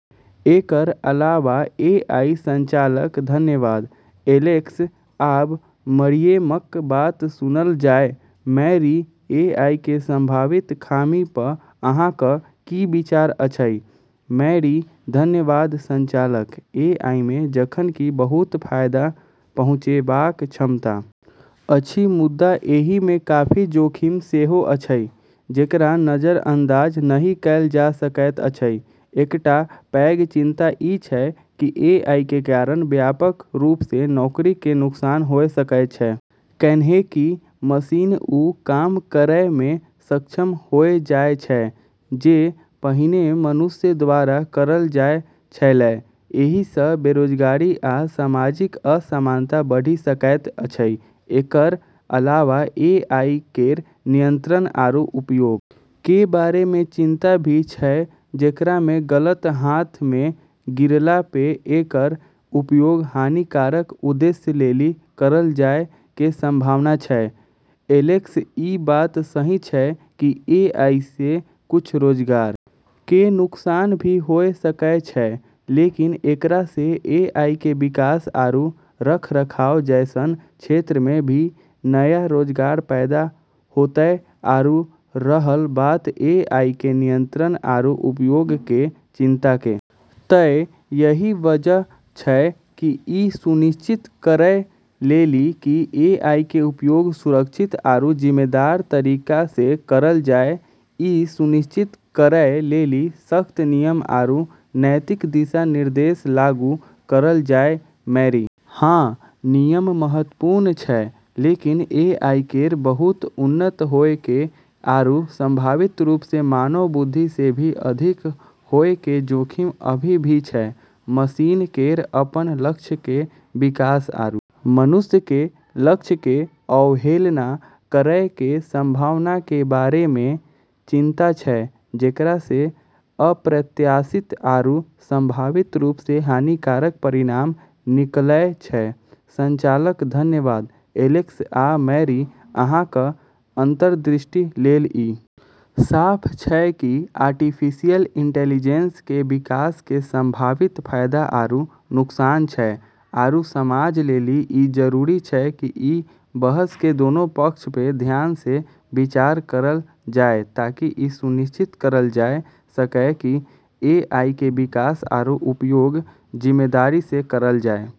एकरऽ अलावा A I संचालक धन्यवाद, एलेक्स, आब मरियमक बात सुनल जाय, मैरी एआई के संभावित खामी पर अहाँक की विचार अछि? मैरी धन्यवाद संचालक, एआई मे जखन कि बहुत फायदा पहुंचेबाक क्षमता अछि मुदा एहि मे काफी जोखिम सेहो अछि जेकरा नजरअंदाज नहि कैल जा सकैत अछि, एकटा पैघ चिंता ई छै कि एआई के कारण व्यापक रूप से नौकरी के नुकसान होय सकै छै, कैन्हेंकि मशीन उ काम करै मे सक्षम होय जाय छै जे पहिने मनुष्य द्वारा करलऽ जाय छेलै, एहि स बेरोजगारी आ सामाजिक असमानता बढ़ि सकैत अछि, एकरऽ अलावा एआई केरऽ नियंत्रण आरू उपयोग के बारे मे चिंता भी छै जेकरा मे गलत हाथऽ मे गिरला पे एकरऽ उपयोग हानिकारक उद्देश्य लेली करलऽ जाय के संभावना छै, एलेक्स ई बात सही छै कि एआई से कुछ रोजगार के नुकसान भी होय सकै छै लेकिन एकरा से एआई के विकास आरू रखरखाव जैसनऽ क्षेत्र मे भी नया रोजगार पैदा होतै आरू रहल बात एआई के नियंत्रण आरू उपयोग के चिंता के तै यही वजह छै कि ई सुनिश्चित करै लेली कि एआई के उपयोग सुरक्षित आरू जिम्मेदार तरीका से करलऽ जाय, ई सुनिश्चित करै लेली सख्त नियम आरू नैतिक दिशा-निर्देश लागू करलऽ जाय, मैरी हाँ, नियम महत्वपूर्ण छै लेकिन एआई केरऽ बहुत उन्नत होय के आरू संभावित रूप से मानव बुद्धि से भी अधिक होय के जोखिम अभी भी छै, मशीन केरऽ अपनऽ लक्ष्य के विकास आरू मनुष्य केरऽ लक्ष्य के अवहेलना करै के संभावना के बारे मे चिंता छै, जेकरा से अप्रत्याशित आरू संभावित रूप से हानिकारक परिणाम निकलै छै, संचालक धन्यवाद, एलेक्स आ मैरी, अहाँक अंतर्दृष्टि लेल ई साफ छै कि आर्टिफिशियल इंटेलिजेंस के विकास के संभावित फायदा आरू नुकसान छै आरू समाज लेली ई जरूरी छै कि ई बहस के दोनों पक्ष पे ध्यान से विचार करलऽ जाय ताकि ई सुनिश्चित करलऽ जाय सके कि एआई के विकास आरू उपयोग जिम्मेदारी से करलऽ जाय।